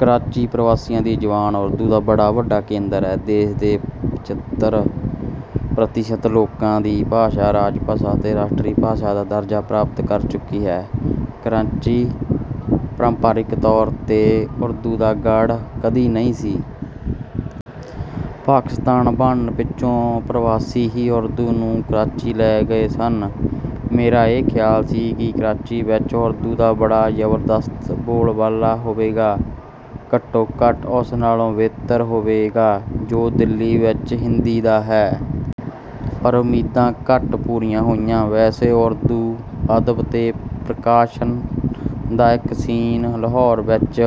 ਕਰਾਚੀ ਪਰਵਾਸੀਆਂ ਦੀ ਜ਼ਬਾਨ ਉਰਦੂ ਦਾ ਬੜਾ ਵੱਡਾ ਕੇਂਦਰ ਹੈ। ਦੇਸ਼ ਦੇ ਪਚੱਤਰ ਪ੍ਰਤੀਸ਼ਤ ਲੋਕਾਂ ਦੀ ਭਾਸ਼ਾ ਰਾਜਭਾਸ਼ਾ ਤੇ ਰਾਸ਼ਟਰੀ ਭਾਸ਼ਾ ਦਾ ਦਰਜਾ ਪ੍ਰਾਪਤ ਕਰ ਚੁੱਕੀ ਹੈ। ਕਰਾਚੀ ਪਰੰਪਰਿਕ ਤੌਰ ਤੇ ਉਰਦੂ ਦਾ ਗੜ੍ਹ ਕਦੀ ਨਹੀਂ ਸੀ। ਪਾਕਿਸਤਾਨ ਬਣਨ ਪਿੱਛੋਂ ਪਰਵਾਸੀ ਹੀ ਉਰਦੂ ਨੂੰ ਕਰਾਚੀ ਲੈ ਗਏ ਸਨ। ਮੇਰਾ ਇਹ ਖ਼ਿਆਲ ਸੀ ਕਿ ਕਰਾਚੀ ਵਿਚ ਉਰਦੂ ਦਾ ਬੜਾ ਜ਼ਬਰਦਸਤ ਬੋਲਬਾਲਾ ਹੋਵੇਗਾ, ਘੱਟੋ-ਘੱਟ ਉਸ ਨਾਲੋਂ ਬਿਹਤਰ ਹੋਵੇਗਾ ਜੋ ਦਿੱਲੀ ਵਿਚ ਹਿੰਦੀ ਦਾ ਹੈ। ਪਰ ਉਮੀਦਾਂ ਘੱਟ ਪੂਰੀਆਂ ਹੋਈਆਂ। ਵੈਸੇ ਉਰਦੂ ਅਦਬ ਤੇ ਪ੍ਰਕਾਸ਼ਨ ਦਾ ਇਕ 'ਸੀਨ' ਲਾਹੌਰ ਵਿਚ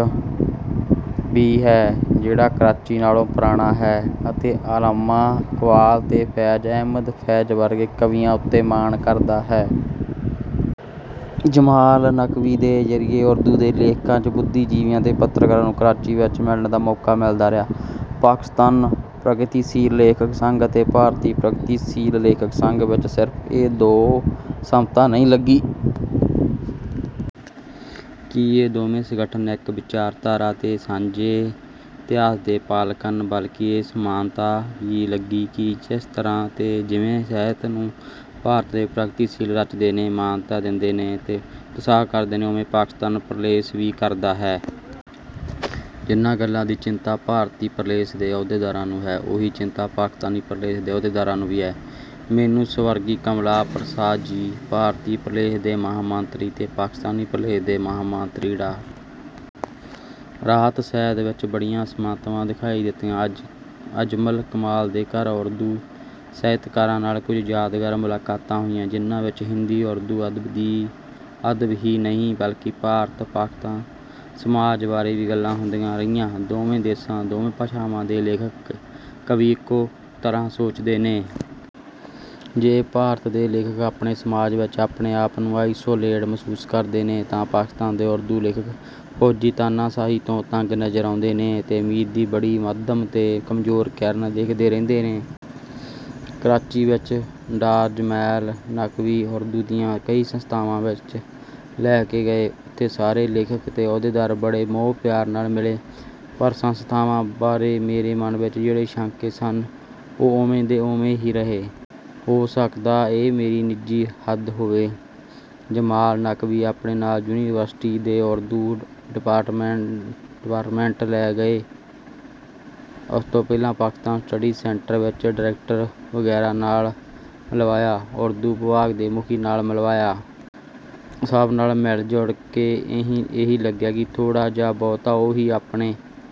ਵੀ ਹੈ, ਜਿਹੜਾ ਕਰਾਚੀ ਨਾਲੋਂ ਪੁਰਾਣਾ ਹੈ ਤੇ ਅੱਲਾਮਾ ਇਕਬਾਲ ਤੇ ਫ਼ੈਜ਼ ਅਹਿਮਦ 'ਫ਼ੈਜ਼' ਵਰਗੇ ਕਵੀਆਂ ਉੱਤੇ ਮਾਣ ਕਰਦਾ ਹੈ। ਜਮਾਲ ਨਕਵੀ ਦੇ ਜ਼ਰੀਏ ਉਰਦੂ ਦੇ ਲੇਖਕਾਂ, ਬੁੱਧੀਜੀਵੀਆਂ ਤੇ ਪੱਤਰਕਾਰਾਂ ਨੂੰ ਕਰਾਚੀ ਵਿਚ ਮਿਲਣ ਦਾ ਮੌਕਾ ਮਿਲਦਾ ਰਿਹਾ। ਪਾਕਿਸਤਾਨ ਪ੍ਰਗਤੀਸ਼ੀਲ ਲੇਖਕ ਸੰਘ ਤੇ ਭਾਰਤੀ ਪ੍ਰਗਤੀਸ਼ੀਲ ਲੇਖਕ ਸੰਘ ਵਿਚ ਸਿਰਫ਼ ਇਹੋ ਸਮਤਾ ਨਹੀਂ ਲੱਗੀ ਕਿ ਇਹ ਦੋਵੇਂ ਸੰਗਠਨ ਇਕ ਵਿਚਾਰਧਾਰਾ ਤੇ ਸਾਂਝੇ ਇਤਿਹਾਸ ਦੇ ਪਾਲਕ ਨੇ, ਬਲਕਿ ਇਹ ਸਮਾਨਤਾ ਵੀ ਲੱਗੀ ਕਿ ਜਿਸ ਤਰ੍ਹਾਂ ਤੇ ਜਿਵੇਂ ਸਾਹਿਤ ਨੂੰ ਭਾਰਤ ਦੇ ਪ੍ਰਗਤੀਸ਼ੀਲ ਰਚਦੇ ਨੇ, ਮਾਨਤਾ ਦੇਂਦੇ ਨੇ ਤੇ ਉਤਸਾਹਿਤ ਕਰਦੇ ਨੇ, ਓਵੇਂ ਪਾਕਿਸਤਾਨ 'ਪ੍ਰਲੇਸ' ਵੀ ਕਰਦਾ ਹੈ। ਜਿਨ੍ਹਾਂ ਗੱਲਾਂ ਦੀ ਚਿੰਤਾ ਭਾਰਤੀ 'ਪ੍ਰਲੇਸ' ਦੇ ਅਹੁਦੇਦਾਰਾਂ ਨੂੰ ਹੈ, ਉਹੀ ਚਿੰਤਾ ਪਾਕਿਸਤਾਨੀ ਪ੍ਰਲੇਸ ਦੇ ਅਹੁਦੇਦਾਰਾਂ ਨੂੰ ਵੀ ਹੈ। ਮੈਨੂੰ ਸਵਰਗੀ ਕਮਲਾ ਪਰਸਾਦ ਜੀ, ਭਾਰਤੀ ਪ੍ਰਲੇਸ ਦੇ ਮਹਾਮੰਤਰੀ, ਤੇ ਪਾਕਿਸਤਾਨੀ ਪ੍ਰਲੇਸ ਦੇ ਮਹਾਮੰਤਰੀ ਡਾ. ਰਾਹਤ ਸਈਦ ਵਿਚ ਬੜੀਆਂ ਸਮਤਾਵਾਂ ਦਿਖਾਈ ਦਿੱਤੀਆਂ। ਅਜਮਲ ਕਮਾਲ ਦੇ ਘਰ ਉਰਦੂ ਸਾਹਿਤਕਾਰਾਂ ਨਾਲ ਕੁਝ ਯਾਦਗਾਰ ਮੁਲਾਕਾਤਾਂ ਹੋਈਆਂ, ਜਿਨ੍ਹਾਂ ਵਿਚ ਹਿੰਦੀ-ਉਰਦੂ ਅਦਬ ਹੀ ਨਹੀਂ, ਬਲਕਿ ਭਾਰਤ-ਪਾਕ ਸਮਾਜ ਬਾਰੇ ਵੀ ਗੱਲਾਂ ਹੁੰਦੀਆਂ ਰਹੀਆਂ। ਦੋਵਾਂ ਦੇਸ਼ਾਂ ਤੇ ਦੋਵਾਂ ਭਾਸ਼ਾਵਾਂ ਦੇ ਲੇਖਕ, ਕਵੀ ਇਕੋ ਤਰ੍ਹਾਂ ਸੋਚਦੇ ਨੇ। ਜੇ ਭਾਰਤ ਦੇ ਲੇਖਕ ਆਪਣੇ ਸਮਾਜ ਵਿਚ ਆਪਣੇ ਆਪ ਨੂੰ 'ਆਈਸੋਲੇਟੇਡ' ਮਹਿਸੂਸ ਕਰਦੇ ਨੇ ਤਾਂ ਪਾਕਿਸਤਾਨ ਦੇ ਉਰਦੂ ਲੇਖਕ ਫੌਜੀ ਤਾਨਾਸ਼ਾਹੀ ਤੋਂ ਤੰਗ ਨਜ਼ਰ ਆਉਂਦੇ ਨੇ ਤੇ ਉਮੀਦ ਦੀ ਬੜੀ ਮੱਧਮ ਤੇ ਕਮਜ਼ੋਰ ਕਿਰਨ ਦੇਖਦੇ ਰਹਿੰਦੇ ਨੇ। ਕਰਾਚੀ ਵਿਚ ਡਾ. ਜਮਾਲ ਨਕਵੀ ਉਰਦੂ ਦੀਆਂ ਕਈ ਸੰਸਥਾਵਾਂ ਵਿਚ ਲੈ ਕੇ ਗਏ। ਉੱਥੇ ਸਾਰੇ ਲੇਖਕ ਤੇ ਅਹੁਦੇਦਾਰ ਬੜੇ ਮੋਹ-ਪਿਆਰ ਨਾਲ ਮਿਲੇ, ਪਰ ਸੰਸਥਾਵਾਂ ਬਾਰੇ ਮੇਰੇ ਮਨ ਵਿਚ ਜਿਹੜੇ ਸ਼ੰਕੇ ਸਨ, ਉਹ ਓਵੇਂ ਦੇ ਓਵੇਂ ਹੀ ਰਹੇ। ਹੋ ਸਕਦਾ ਹੈ ਇਹ ਮੇਰੀ ਨਿੱਜੀ ਹੱਦ ਹੋਵੇ। ਜਮਾਲ ਨਕਵੀ ਆਪਣੇ ਨਾਲ ਯੂਨੀਵਰਸਿਟੀ ਦੇ ਉਰਦੂ ਡਿਪਾਰਟਮੈਂਟ ਲੈ ਗਏ। ਉਸ ਤੋਂ ਪਹਿਲਾਂ ਪਾਕਿਸਤਾਨ ਸਟੱਡੀ ਸੈਂਟਰ ਵਿਚ ਡਾਇਰੈਕਟਰ ਵਗੈਰਾ ਨਾਲ ਮਿਲਵਾਇਆ। ਉਰਦੂ ਵਿਭਾਗ ਦੇ ਮੁਖੀ ਨਾਲ ਮਿਲਵਾਇਆ। ਸਭ ਨਾਲ ਮਿਲ-ਜੁਲ ਕੇ ਇਹੀ ਲੱਗਿਆ, ਥੋੜ੍ਹਾ ਜਾਂ ਬਹੁਤਾ ਉਹੀ ਆਪਣੇ...